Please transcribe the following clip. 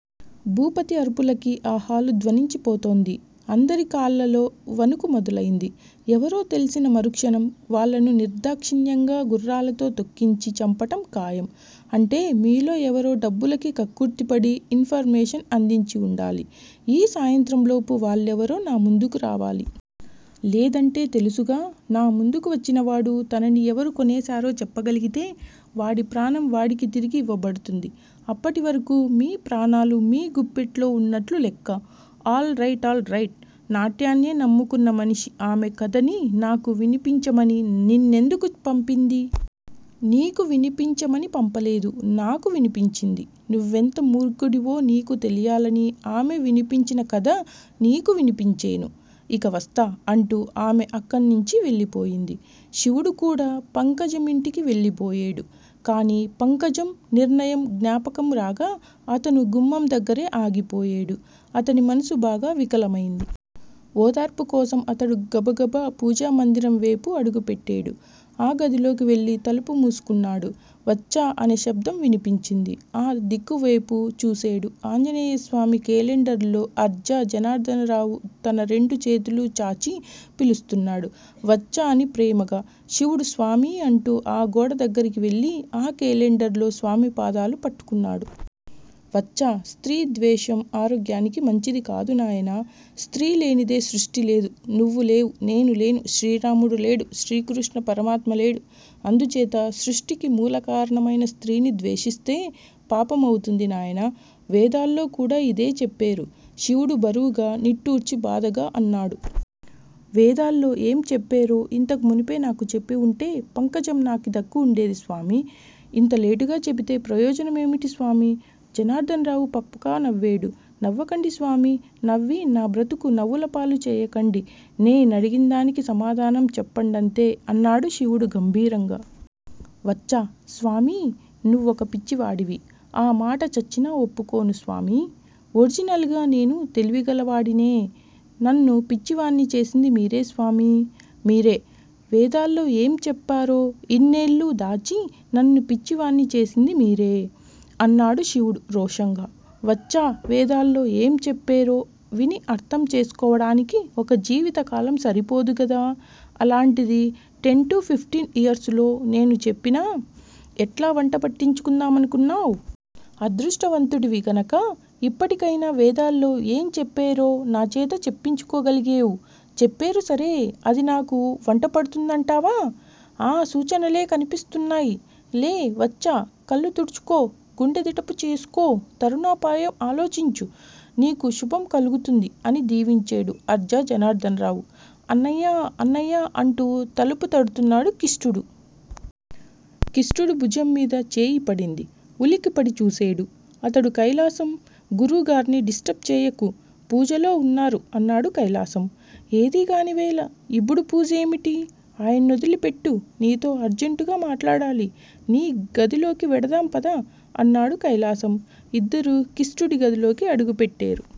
భూపతి అరుపులకి ఆ హాలు ధ్వనించి పోతోంది. అందరి కాళ్ళలో వణుకు మొదలయింది. ఎవరో తెల్సిన మరుక్షణం వాళ్ళను నిర్ధాక్షిణ్యంగా గుర్రాలతో తొక్కించి చంపటం ఖాయం. అంటే మీలో ఎవరో డబ్బులకి కక్కుర్తిపడి ఇన్ ఫర్మేషన్ అందించి వుండాలి. ఈ సాయంత్రంలోపు వాళ్ళెవరో నా ముందుకు రావాలి. లేదంటే తెలుసుగా! నా ముందుకు వచ్చినవాడు తనని ఎవరు కొనేసారో చెప్పగలిగితే వాడి ప్రాణం వాడికి తిరిగి ఇవ్వబడుతుంది. అప్పటి వరకు మీ ప్రాణాలు మీ గుప్పిట్లో ఉన్నట్లు లెక్క। All right all right! నాట్యాన్నే నమ్ముకున్న మనిషి-ఆమె కథని నాకు వినిపించమణి నిన్నెందుకు పంపింది? నీకు వినిపించమని పంపలేదు. నాకు వినిపించింది. నువ్వెంత మూర్ఖుడివో నీకు తెలియాలని ఆమె వినిపించిన కథ నీకు వినిపించేను. ఇక వస్తా. అంటూ ఆమె అక్కడ్నించి వెళ్ళిపోయింది. శివుడు కూడా పంకజమింటికి వెళ్ళబోయేడు. కానీ-పంకజం నిర్ణయం జ్ఞాపకంరాగా అతను గుమ్మందగ్గిరే ఆగిపోయేడు. అతని మనసు బాగా వికలమైంది. ఓదార్పు కోసం అతడు గబగబా పూజా మందిరం వేపు అడుగుపెట్టేడు. ఆ గదిలోకి వెళ్ళి తలుపు మూసుకున్నాడు. వత్సా అనే శబ్దం వినిపించింది. ఆ దిక్కువేపు చూసేడు. ఆంజనేయస్వామి కేలెండర్లో అర్జా జనార్ధనరావు తన రెండు చేతులూ చాచి పిలుస్తున్నాడు. వత్సా అని ప్రేమగా. శివుడు స్వామీ అంటూ ఆ గోడదగ్గరికి వెళ్ళి, ఆ కేలెండర్లో స్వామి పాదాలు పట్టుకున్నాడు. వత్సా! స్త్రీ ద్వేషం ఆరోగ్యానికి మంచిది కాదు నాయనా! స్త్రీ లేనిదే సృష్టిలేదు. నువ్వు లేవు. నేను లేను. శ్రీరాముడు లేడు. శ్రీకృష్ణపరమాత్మ లేడు. అందుచేత సృష్టికి మూలకారణమైన స్త్రీని ద్వేషిస్తే పాపమవుతుంది నాయనా! వేదాల్లో కూడా ఇదే చెప్పేరు! శివుడు బరువుగా నిట్టూర్చి బాధగా అన్నాడు. వేదాల్లో ఏం చెప్పేరో ఇంతకు మునుపే నాకు చెప్పివుంటే పంకజం నాకు దక్కివుండేది స్వామీ! ఇంత లేటుగా చెబితే ప్రయోజన మేమిటి స్వామీ! జనార్ధనరావు పకపకా నవ్వేడు. నవ్వకండి స్వామి! నవ్వి నా బ్రతుకు నవ్వులపాలు చేయకండి! నే నడిగిందానికి సమాధానం చెప్పండంతే! అన్నాడు శివుడు గంభీరంగా. వత్సా! స్వామీ నువ్వొక పిచ్చివాడివి! ఆ మాట చచ్చినా ఒప్పుకోను స్వామీ! ఒరిజినల్ గా నేను తెలివిగలవాడినే! నన్ను పిచ్చివాడ్ని చేసింది మీరే స్వామీ! మీరే! వేదాల్లో ఏం చెప్పారో ఇన్నేళ్ళూ దాచి నన్ను పిచ్చివాడ్ని చేసింది మీరే! అన్నాడు శివుడు రోషంగా. వత్సా! వేదాల్లో ఏం చెప్పేరో విని అర్థం చేసుకోడానికి ఒక జీవిత కాలం సరిపోదుగదా-అల్లాంటిది టెన్ టు ఫిఫ్టీన్ ఇయర్సులో-నేను చెప్పినా-ఎట్లా వంట బట్టించుకుందామనుకున్నావ్? అదృష్టవంతుడివి గనక ఇప్పటికైనా వేదాల్లో ఏం చెప్పేరో నాచేత చెప్పించుకోగలిగేవ్! చెప్పేరు సరే! అది నాకు వంటపడుతుందంటావా? ఆ సూచనలే కనిపిస్తున్నాయి! లే వత్సా! కళ్ళు తుడుచుకో! గుండెదిటవు చేసుకో? తరుణోపాయం ఆలోచించు. నీకు శుభం కలుగుతుంది! అని దీవించేడు అర్జా జనార్ధనరావు! అన్నయ్యా, అన్నయ్యా అంటూ తలుపు తడుతున్నాడు కిష్టుడు. కిష్టుడు భుజంమీద చేయిపడింది ఉలిక్కిపడి చూసేడు. అతడు కైలాసం! గురూగార్ని డిస్టర్బ్ చేయకు. పూజలో ఉన్నారు అన్నాడు కైలాసం. ఏదీగాని వేళ! ఇప్పుడు పూజేమిటి ఆయన్నొదిలిపెట్టు. నీతో అర్జంటుగా మాట్లాడాలి. నీ గదిలోకి వెడదాం పద! అన్నాడు కైలాసం. ఇద్దరూ కిష్టుడి గదిలోకి అడుగు పెట్టేరు.